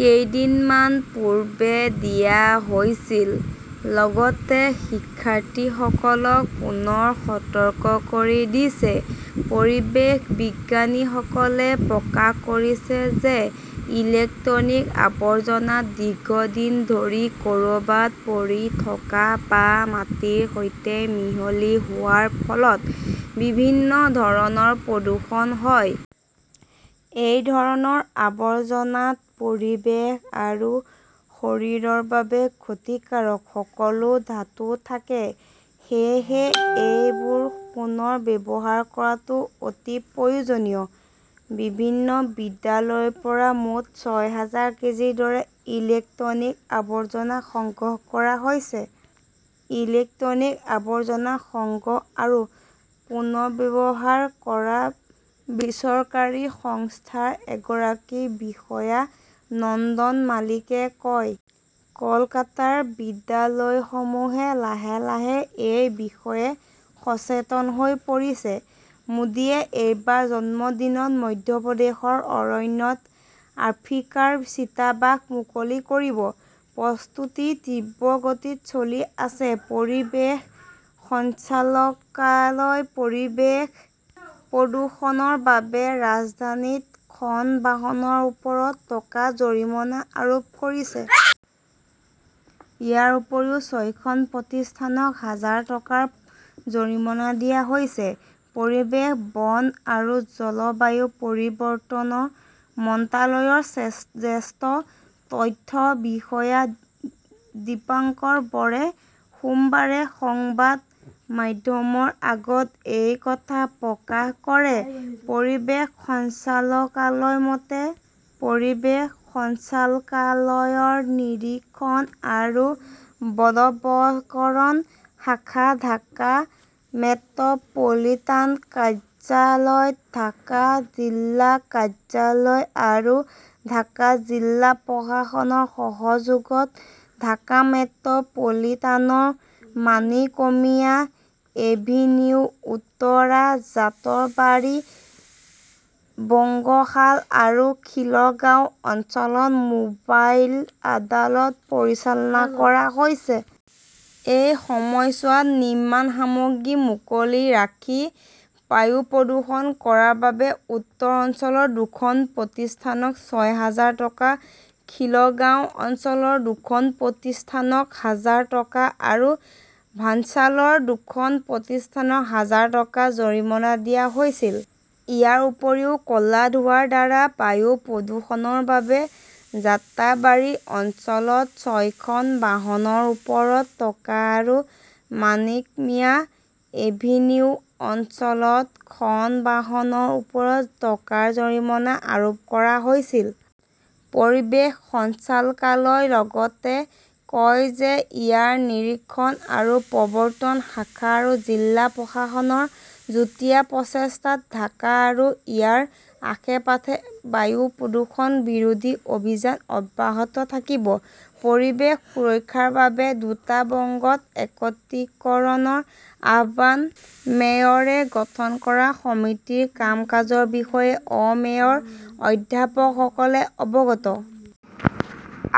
কেইদিনমান পূৰ্বে দিয়া হৈছিল। লগতে শিক্ষাৰ্থীসকলক পুনৰ সতৰ্ক কৰি দিছে। "পৰিৱেশ বিজ্ঞানীসকলে প্ৰকাশ কৰিছে যে ইলেক্ট্ৰনিক আৱৰ্জনা দীৰ্ঘদিন ধৰি ক" ৰবাত পৰি থকা বা মাটিৰ সৈতে মিহলি হোৱাৰ ফলত বিভিন্ন ধৰণৰ প্ৰদূষণ হয়। এই ধৰণৰ আৱৰ্জনাত পৰিৱেশ আৰু শৰীৰৰ বাবে ক্ষতিকাৰক সকলো ধাতু থাকে। সেয়েহে, সেইবোৰ পুনৰ ব্যৱহাৰ কৰাটো অতি প্ৰয়োজনীয়। "বিভিন্ন বিদ্যালয়ৰ পৰা মুঠ ছয় হাজাৰ কেজিৰ দৰে ইলেক্ট্ৰনিক আৱৰ্জনা সংগ্ৰহ কৰা হৈছে", ইলেক্ট্ৰনিক আৱৰ্জনা সংগ্ৰহ আৰু পুনৰ্ব্যৱহাৰ কৰা বেচৰকাৰী সংস্থাৰ এগৰাকী বিষয়া নন্দন মালিকে কয়। কলকাতাৰ বিদ্যালয়সমূহে লাহে লাহে এই বিষয়ে সচেতন হৈ পৰিছে। "। মোদীয়ে এইবাৰ জন্মদিনত মধ্যপ্ৰদেশৰ অৰণ্যত আফ্ৰিকাৰ চিতাবাঘ মুকলি কৰিব! প্ৰস্তুতি তীব্ৰ গতিত চলি আছে। পৰিৱেশ সঞ্চালকালয়ই পৰিৱেশ প্ৰদূষণৰ বাবে ৰাজধানীত খন বাহনৰ ওপৰত টকাৰ জৰিমনা আৰোপ কৰিছে। ইয়াৰ উপৰিও ছয়খন প্ৰতিষ্ঠানক হাজাৰ টকাৰ জৰিমনা দিয়া হৈছে। পৰিৱেশ, বন আৰু জলবায়ু পৰিৱৰ্তন মন্ত্ৰালয়ৰ জ্যেষ্ঠ তথ্য বিষয়া দীপঙ্কাৰ বৰে সোমবাৰে সংবাদ মাধ্যমৰ আগত এই কথা প্ৰকাশ কৰে। পৰিৱেশ সঞ্চালকালয়ৰ মতে, পৰিৱেশ সঞ্চালকালয়ৰ নিৰীক্ষণ আৰু বলৱৎকৰণ শাখা, ঢাকা মেট্ৰ 'পলিটান কাৰ্যালয়, ঢাকা জিলা কাৰ্যালয় আৰু ঢাকা জিলা প্ৰশাসনৰ সহযোগত ঢাকা মেট্ৰ' পলিটানৰ মাণিকমিয়া এভিনিউ, উত্তৰা, জাতৰবাৰী, বংগশাল আৰু খিলগাঁও অঞ্চলত মোবাইল আদালত পৰিচালনা কৰা হৈছে। এই সময়ছোৱাত নিৰ্মাণ সামগ্ৰী মুকলি ৰাখি বায়ু প্ৰদূষণ কৰাৰ বাবে উত্তৰ অঞ্চলৰ দুখন প্ৰতিষ্ঠানক ছয় হাজাৰ টকা, খিলগাঁও অঞ্চলৰ দুখন প্ৰতিষ্ঠানক হাজাৰ টকা আৰু ভাঞ্চালৰ দুখন প্ৰতিষ্ঠানক হাজাৰ টকাৰ জৰিমনা দিয়া হৈছিল। ইয়াৰ উপৰিও, ক 'লা ধোঁৱাৰ দ্বাৰা বায়ু প্ৰদূষণৰ বাবে যাত্ৰাবাৰী অঞ্চলত ছয়খন বাহনৰ ওপৰত টকা আৰু মানিকমিয়া এভিনিউ অঞ্চলত খন বাহনৰ ওপৰত টকাৰ জৰিমনা আৰোপ কৰা হৈছিল। পৰিৱেশ সঞ্চালকালয়ই লগতে কয় যে ইয়াৰ নিৰীক্ষণ আৰু প্ৰবৰ্ত্তন শাখা আৰু জিলা প্ৰশাসনৰ যুটীয়া প্ৰচেষ্টাত ঢাকা আৰু ইয়াৰ আশে-পাশে বায়ু প্ৰদূষণ বিৰোধী অভিযান অব্যাহত থাকিব। পৰিৱেশ সুৰক্ষাৰ বাবে দুটা বংগত একত্ৰীকৰণৰ আহ্বান মেয়ৰে গঠন কৰা সমিতিৰ কাম-কাজৰ বিষয়ে অ-মেয়ৰ অধ্যাপকসকলে অৱগত।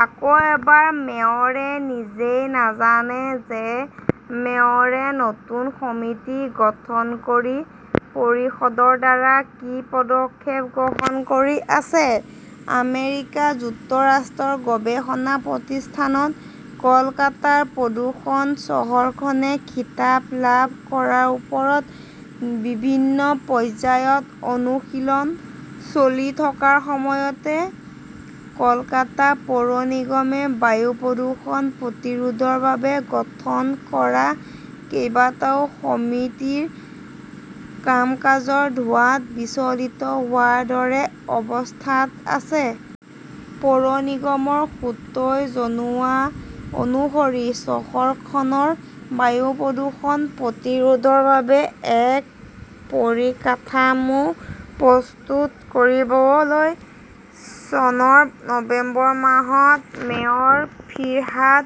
আকৌ এবাৰ মেয়ৰে নিজেই নাজানে যে মেয়ৰে নতুন সমিতি গঠন কৰি পৰিষদৰ দ্বাৰা কি পদক্ষেপ গ্ৰহণ কৰি আছে! আমেৰিকা যুক্তৰাষ্ট্ৰৰ গৱেষণা প্ৰতিষ্ঠানত কলকাতাৰ প্ৰদূষণ-চহৰখনে 'খিতাপ "লাভ কৰাৰ ওপৰত বিভিন্ন পৰ্যায়ত অনুশীলন চলি থকাৰ সময়তে, কলকাতা পৌৰ নিগমে বায়ু প্ৰদূষণ প্ৰতিৰোধৰ বাবে গঠন কৰা কেইবাটাও সমিতিৰ কাম-কাজৰ' ধোঁৱাত" বিচলিত হোৱাৰ দৰে অৱস্থাত আছে! পৌৰ নিগমৰ সূত্ৰই জনোৱা অনুসৰি, চহৰখনৰ বায়ু প্ৰদূষণ প্ৰতিৰোধৰ বাবে এক পৰিকাঠামো প্ৰস্তুত কৰিবলৈ চনৰ নৱেম্বৰ মাহত মেয়ৰ ফিৰহাদ